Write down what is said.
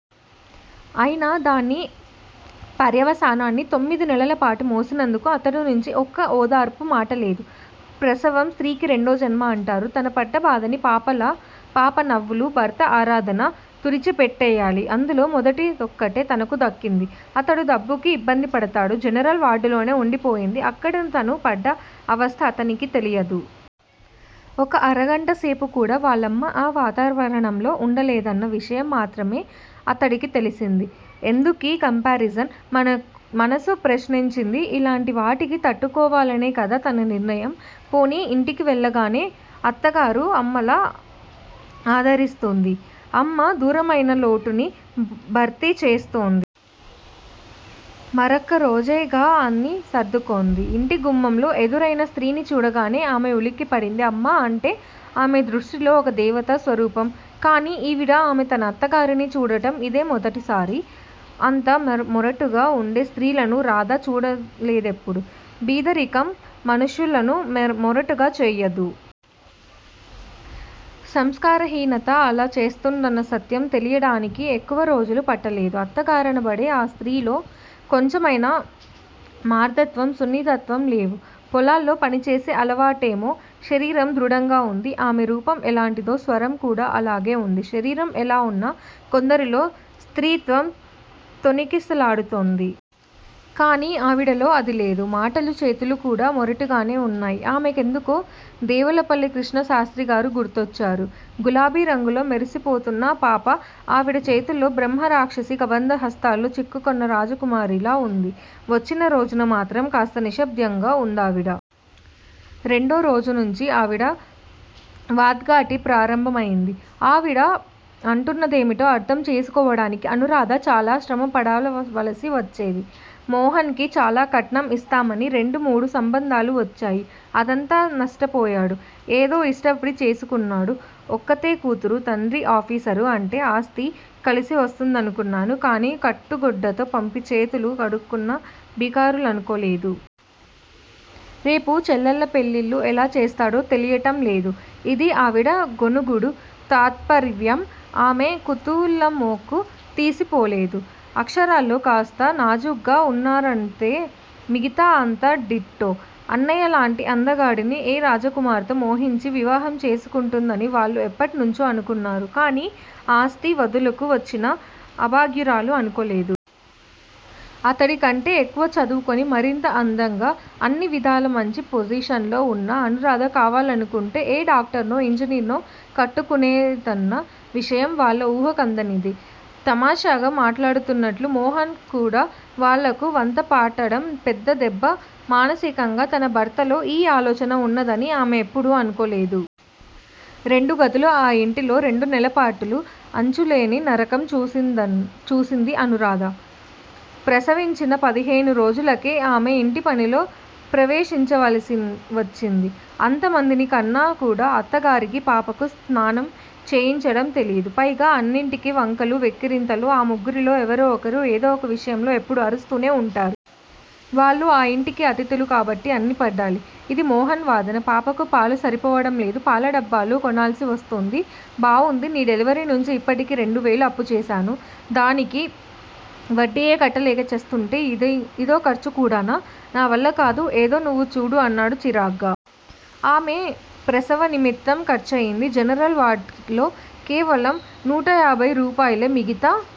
అయినా దాని పర్యవసానాన్ని తొమ్మిది నెలలపాటు మోసినందుకు అతడినుంచి ఒక్క ఓదార్పు మాటలేదు. ప్రసవం స్త్రీకి రెండోజన్మ అంటారు. తను పడ్డ బాధని పాప నవ్వులూ, భర్త ఆదరణా తుడిచిపెట్టెయ్యాలి. అందులో మొదటిదొక్కటే తనకు దక్కింది. అతడు డబ్బుకి ఇబ్బందిపడతాడు జనరల్ వార్డులోనే వుండిపోయింది. అక్కడ తను పడ్డ అవస్థ అతడికి తెలియదు. ఒక అరగంట సేపు కూడా వాళ్ళమ్మ ఆ వాతావరణంలో వుండలేదన్న విషయం మాత్రమే అతడికి తెలిసింది. 'ఎందుకీ కంపారిజన్? ' మనసు ప్రశ్నించింది. ఇలాంటివాటికి తట్టుకోవాలనే కదా తన నిర్ణయం? పోనీ ఇంటికి వెళ్ళగానే అత్తగారు అమ్మలా ఆదరిస్తుంది. అమ్మ దూరమయిన లోటుని భర్తీ చేస్తుంది. మరొక్క రోజేగా అని సర్దుకుంది. ఇంటి గుమ్మంలో ఎదురయిన స్త్రీని చూడగానే ఆమె ఉలిక్కిపడింది. 'అమ్మ' అంటే ఆమె దృష్టిలో ఒక దేవతా స్వరూపం కాని ఈవిడ? ఆమె తన అత్తగారిని చూడటం ఇదే మొదటిసారి. అంత మొరటుగా వుండే స్త్రీలను రాధ చూడలేదెప్పుడూ బీదరికం మనుష్యులను మొరటుగా చెయ్యదు. సంస్కారహీనత అలా చేస్తుందన్న సత్యం తెలియడానికి ఎక్కువరోజులు పట్టలేదు. అత్తగారనబడే ఆ స్త్రీలో కొంచెమైనా మార్దత్వం, సున్నితత్వం లేవు పొలాల్లో పనిచేసే అలవాటేమో శరీరం దృఢంగా వుంది. ఆమె రూపం ఎలాంటిదో స్వరం కూడా అలాగే వుంది. శరీరం ఎలా వున్నా కొందరిలో స్త్రీత్వం తొణికిసలాడుతుంది. కాని ఆవిడలో అదీ లేదు. మాటలూ చేతలూ కూడా మొరటుగానే వున్నాయి. ఆమె కెందుకో దేవులపల్లి కృష్ణశాస్త్రిగారు గుర్తొచ్చారు. గులాబీ రంగులో మెరిసిపోతున్న పాప ఆవిడ చేతుల్లో బ్రహ్మ రాక్షసి కబంధ హస్తాల్లో చిక్కుకున్న రాజకుమారిలా వుంది. వచ్చిన రోజున మాత్రం కాస్త నిశ్శబ్దంగా వుందావిడ. రెండో రోజు నుంచీ ఆవిడ వాగ్ధాటి ప్రారంభమయింది. ఆవిడ అంటున్నదేమిటో అర్ధం చేసుకోవడానికి అనూరాధ చాలా శ్రమపడవలసి వచ్చేది. 'మోహన్ కి చాలా కట్నం ఇస్తామని రెండు, మూడు సంబంధాలు వచ్చాయి. అదంతా నష్టపోయాడు. ఏదో ఇష్టపడి చేసుకున్నాడు. ఒక్కతే కూతురు. తండ్రి ఆఫీసరు అంటే ఆస్తి కలిసివస్తుందనుకున్నాను కాని కట్టుగుడ్డతో పంపి చేతులు కడుక్కున్న బికారులనుకోలేదు. రేపు చెల్లెళ్ళ పెళ్ళిళ్ళు ఎలా చేస్తాడో తెలియటంలేదు' ఇదీ ఆవిడ గొణుగుడు తాత్పర్యం. ఆమె కూతుళ్ళామెకు తీసిపోలేదు. ఆక్షరాలా కాస్త నాజూగ్గా వున్నారంతే. మిగతా అంతా డిటో. అన్నయ్యలాంటి అందగాడిని ఏ రాజకుమార్తో మోహించి వివాహం చేసుకుంటుందని వాళ్ళూ ఎప్పటినుంచో అనుకున్నారు. కాని ఆస్తి వదులుకు వచ్చిన అభాగ్యురాలు అనుకోలేదు. అతడికంటే ఎక్కువ చదువుకుని మరింత అందంగా, అన్నివిధాల మంచి పొజిషన్ లో వున్న అనూరాధ కావాలనుకుంటే ఏ డాక్టర్నో ఇంజనీర్నో కట్టుకునేదన్న విషయం వాళ్ళ ఊహ కందనిది. తమాషాగా మాట్లాడుతున్నట్లు మోహన్ కూడా వాళ్ళకు వంత పటడం పెద్ద దెబ్బ మానసికంగా తన భర్తలో ఈ ఆలోచన వున్నదని ఆమె ఎప్పుడూ అనుకోలేదు. రెండు గదుల ఆ యింటిలో రెండు నెలపాటు అంచులులేని నరకం చవిచూసింది అనూరాధ. ప్రసవించిన పదిహేను రోజులకే ఆమె ఇంటిపనిలో ప్రవేశించవలసి వచ్చింది. అంతమందిని కన్నా కూడా, అత్తగారికి పాపకు స్నానం చేయించడం తెలీయదు. పైగా అన్నింటికీ వంకలు, వెక్కిరింతలు. ఆ ముగ్గురిలో ఎవరో ఒకరు ఏదో ఒక విషయంలో ఎప్పుడూ అరుస్తూనే వుంటారు. 'వాళ్ళు ఆ ఇంటికి అతిధులు కాబట్టి అన్నీ పడాలి'. ఇది మోహన్ వాదన. పాపకు పాలు సరిపోవడంలేదు. పాల డబ్బాలు కొనాల్సి వస్తుంది. బావుంది నీ డెలివరీ నుంచి ఇప్పటికి రెండువేలు అప్పుచేశాను. దానికి వడ్డీయే కట్టలేక చస్తుంటే ఇదో ఖర్చుకూడానా? నా వల్లకాదు ఏదో నువ్వు చూడు అన్నాడు చిరాగ్గా. ఆమె ప్రసవ నిమిత్తం ఖర్చయింది జనరల్ వార్డ్ లో కేవలం నూటయాభై రూపాయలే మిగతా